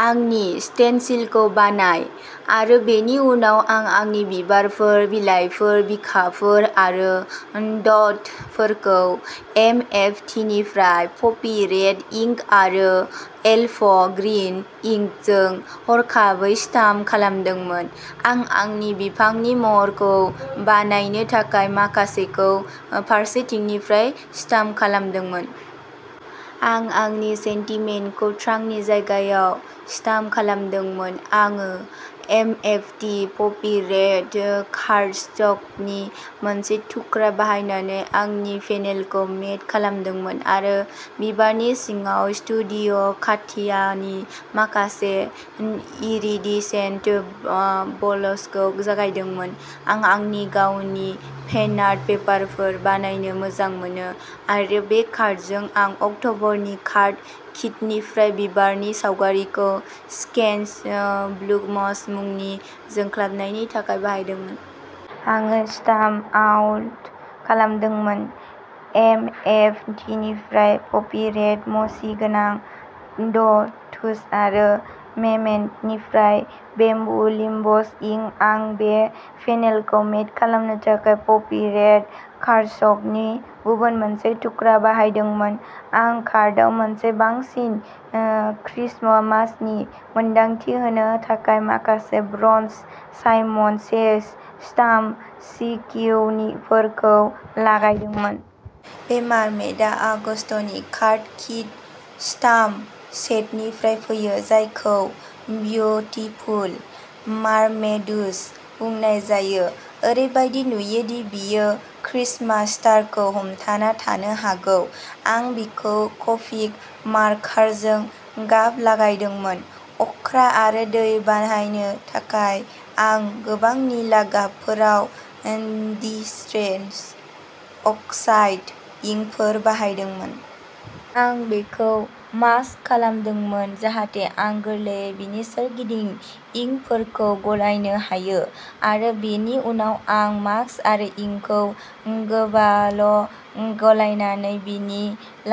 आंनि स्टेनसिलखौ बानाय, आरो बेनि उनाव आं आंनि बिबारफोर, बिलाइफोर, बिखाफोर आरो द'टफोरखौ एमएफटिनिफ्राय पपि रेड इंक आरो एल्फ ग्रीन इंकजों हरखाबै स्टाम्प खालामदोंमोन। आं आंनि बिफांनि महरखौ बानायनो थाखाय माखासेखौ ओ फारसेथिंनिफ्राय स्टाम्प खालामदोंमोन। आं आंनि सेन्टिमेन्टखौ ट्रांकनि जायगायाव स्टाम्प खालामदोंमोन। आं एमएफटि पपि रेड कार्डस्टकनि मोनसे थुख्रा बाहायनानै आंनि पेनेलखौ मेट खालामदोंमोन आरो बिबारनि सिङाव स्टुडिय'काटियानि माखासे इरिडिसेन्ट ओ बबल्सखौ लागायदोंमोन। आं आंनि गावनि पेटार्न पेपारफोर बानायनो मोजां मोनो, आरो बे कार्डजों, आं अक्ट'बरनि कार्ड किटनिफ्राय बिबारनि सावगारिखौ स्केच्ड ओ ब्लुमस मुंनि जोंख्लाबनायनि थाखाय बाहायदोंमोन। आं स्टाम्प आउट खालामदोंमोन। एमएफटिनिफ्राय पपि रेड मसी गोनां द'ट्स आरो मेमेन्ट'निफ्राय बेम्बु लिभ्स इंक। आं बे पेनेलखौ मेट खालामनो थाखाय पपि रेड कार्डस्टकनि गुबुन मोनसे थुख्रा बाहायदोंमोन। आं कार्डआव मोनसे बांसिन ओ क्रिसमासनि मोनदांथि होनो थाखाय माखासे ब्रन्ज साइमन सेस स्टाम्प सिक्विनफोरखौ लागायदोंमोन। बे मार्मेडआ आगस्तनि कार्ड किट स्टाम्प सेटनिफ्राय फैयो, जायखौ ब्यूटीफुल मार्मेइड्स बुंनाय जायो। ओरैबादि नुयोदि बियो क्रिसमास स्टारखौ हमथाना थानो हागौ। आं बिखौ क'पिक मार्कारजों गाब लागायदोंमोन। अख्रां आरो दैखौ बानायनो थाखाय, आं गोबां निला गाबफोराव डिस्ट्रेस अक्साइड इंकफोर बाहायदोंमोन। आं बिखौ मास्क खालामनांदोंमोन जाहाथे आं गोरलैयै बिनि सोरगिदिं इंकफोरखौ गलायनो हायो, आरो बेनि उनाव आं मास्क आरो इंकखौ गोबाल'गलायनानै बिनि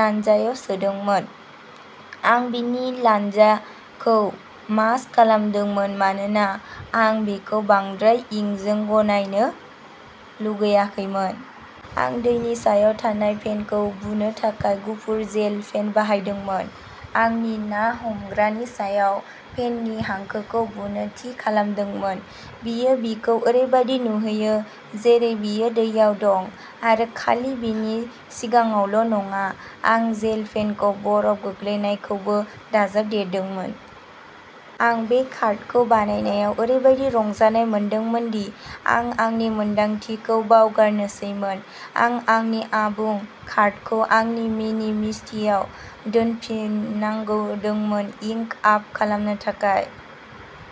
लानजायाव सोदोंमोन। आं बिनि लानजाखौ मास्क खालामदोंमोन मानोना आं बेखौ बांद्राय इंकजों गनायनो लुगैाखैमोन। आं दैनि सायाव थानाय फेनखौ बुनो थाखाय गुफुर जेल पेन बाहायदोंमोन, आंनि ना हमग्रानि सायाव फेननि हांखोखौ बुनो थि खालामदोंमोन। बेयो बिखौ ओरैबादि नुहोयो जेरै बियो दैयाव दं आरो खालि बिनि सिगाङावल'नङा। आं जेल पेनजों बरफ गोग्लैनायखौबो दाजाबदेरदोंमोन। आं बे कार्डखौ बानायनायाव ओरैबादि रंजानाय मोनदों दि आं आंनि मोनदांथिखौ बावगारनोसैमोन। आं आंनि आबुं कार्डखौ आंनि मिनि मिस्टिआव दोनफिननांदोंमोन इंक आप खालामनो थाखाय।